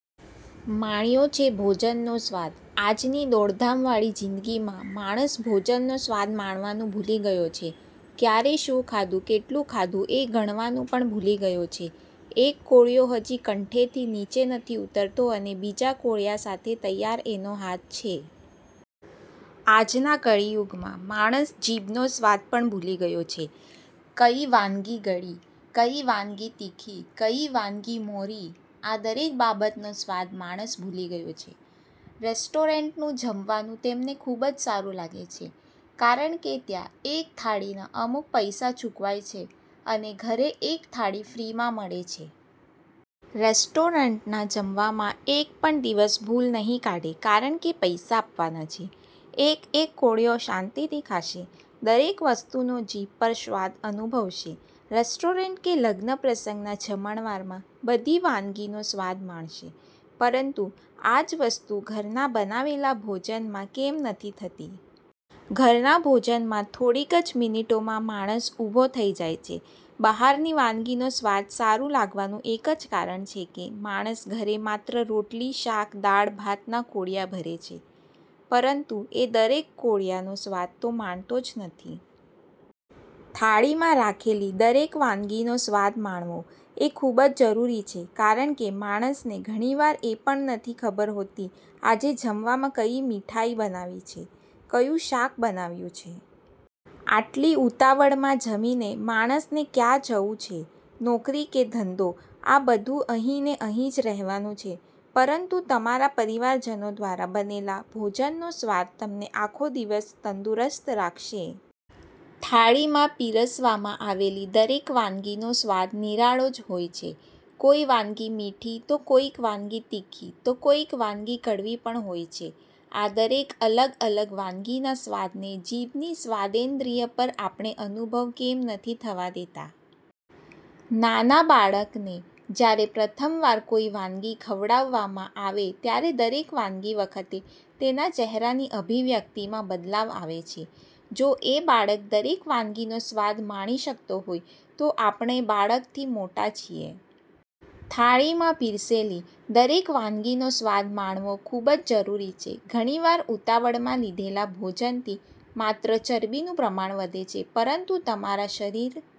માણ્યો છે ભોજન નો સ્વાદ? આજ ની દોડધામ વાળી જિંદગી માં માણસ ભોજન નો સ્વાદ માણવાનું ભૂલી ગયો છે, ક્યારે શું ખાધું? કેટલું ખાધું? એ ગણવાનું પણ ભૂલી ગયો છે, એક કોળિયો હજી કંઠે થી નીચે નથી ઉતરતો અને બીજા કોળિયા સાથે તૈયાર એનો હાથ છે. આજ ના કળિયુગ માં માણસ જીભ નો સ્વાદ પણ ભૂલી ગયો છે. કઈ વાનગી ગળી? કઈ વાનગી તીખી? કઈ વાનગી મોરી? આ દરેક બાબત નો સ્વાદ માણસ ભૂલી ગયો છે. રેસ્ટોરન્ટ નું જમવાનું તેમને ખુબ જ સારું લાગે છે, કારણ કે ત્યાં એક થાળી ના અમુક પૈસા ચૂકવાય છે અને ઘરે એક થાળી ફ્રી માં મળે છે. રેસ્ટોરન્ટ ના જમવામાં એક પણ દિવસ ભૂલ નહિ કાઢે કારણકે પૈસા આપવાના છે, એક એક કોળિયો શાંતિ થી ખાશે, દરેક વસ્તુ નો જીભ પર સ્વાદ અનુભવશે. રેસ્ટોરન્ટ કે લગ્ન પ્રસંગ ના જમણવાર માં બધી વાનગી નો સ્વાદ માણશે, પરંતુ આ જ વસ્તુ ઘર ના બનાવેલા ભોજન માં કેમ નથી થતી? ઘર ના ભોજન માં થોડીક જ મિનિટો માં માણસ ઉભો થઇ જાય છે. બહાર ની વાનગી નો સ્વાદ સારું લાગવાનું એક જ કારણ છે કે માણસ ઘરે માત્ર રોટલી શાક દાળ ભાત ના કોળિયા ભરે છે પરંતુ એ દરેક કોળિયા નો સ્વાદ તો માણતો જ નથી. થાળી માં રાખેલી દરેક વાનગી નો સ્વાદ માણવો એ ખુબ જ જરૂરી છે કારણ કે માણસને ઘણી વાર એ પણ નથી ખબર હોતી આજે જમવામાં કઈ મીઠાઈ બનાવી છે? કયું શાક બનાવ્યું છે? આટલી ઉતાવળ માં જમીને માણસ ને ક્યાં જવું છે? નોકરી કે ધંધો? આ બધું અહીં ને અહીં જ રહેવાનું છે પરંતુ તમારા પરિવાર જનો દ્વારા બનેલા ભોજનનો સ્વાદ તમને આખો દિવસ તંદુરસ્ત રાખશે.. થાળી માં પીરસવામાં આવેલી દરેક વાનગી નો સ્વાદ નિરાળો જ હોય છે, કોઈ વાનગી મીઠી, તો કોઈક વાનગી તીખી તો કોઈક વાનગી કડવી પણ હોય છે. આ દરેક અલગ અલગ વાનગી ના સ્વાદ ને જીભ ની સ્વાદેન્દ્રિય પર આપણે અનુભવ કેમ નથી થવા દેતા? નાના બાળક ને જયારે પ્રથમ વાર કોઈ વાનગી ખવડાવામાં આવે ત્યારે દરેક વાનગી વખતે તેના ચેહરા ની અભિવ્યક્તિ માં બદલાવ આવે છે, જો એ બાળક દરેક વાનગી નો સ્વાદ માણી શકતો હોય, તો આપણે બાળક થી મોટા છીએ? થાળી માં પીરસેલી દરેક વાનગી નો સ્વાદ માણવો ખુબ જ જરૂરી છે. ઘણી વાર ઉતાવળ માં લીધેલા ભોજન થી માત્ર ચરબી નું પ્રમાણ વધે છે પરંતુ તમારા શરીર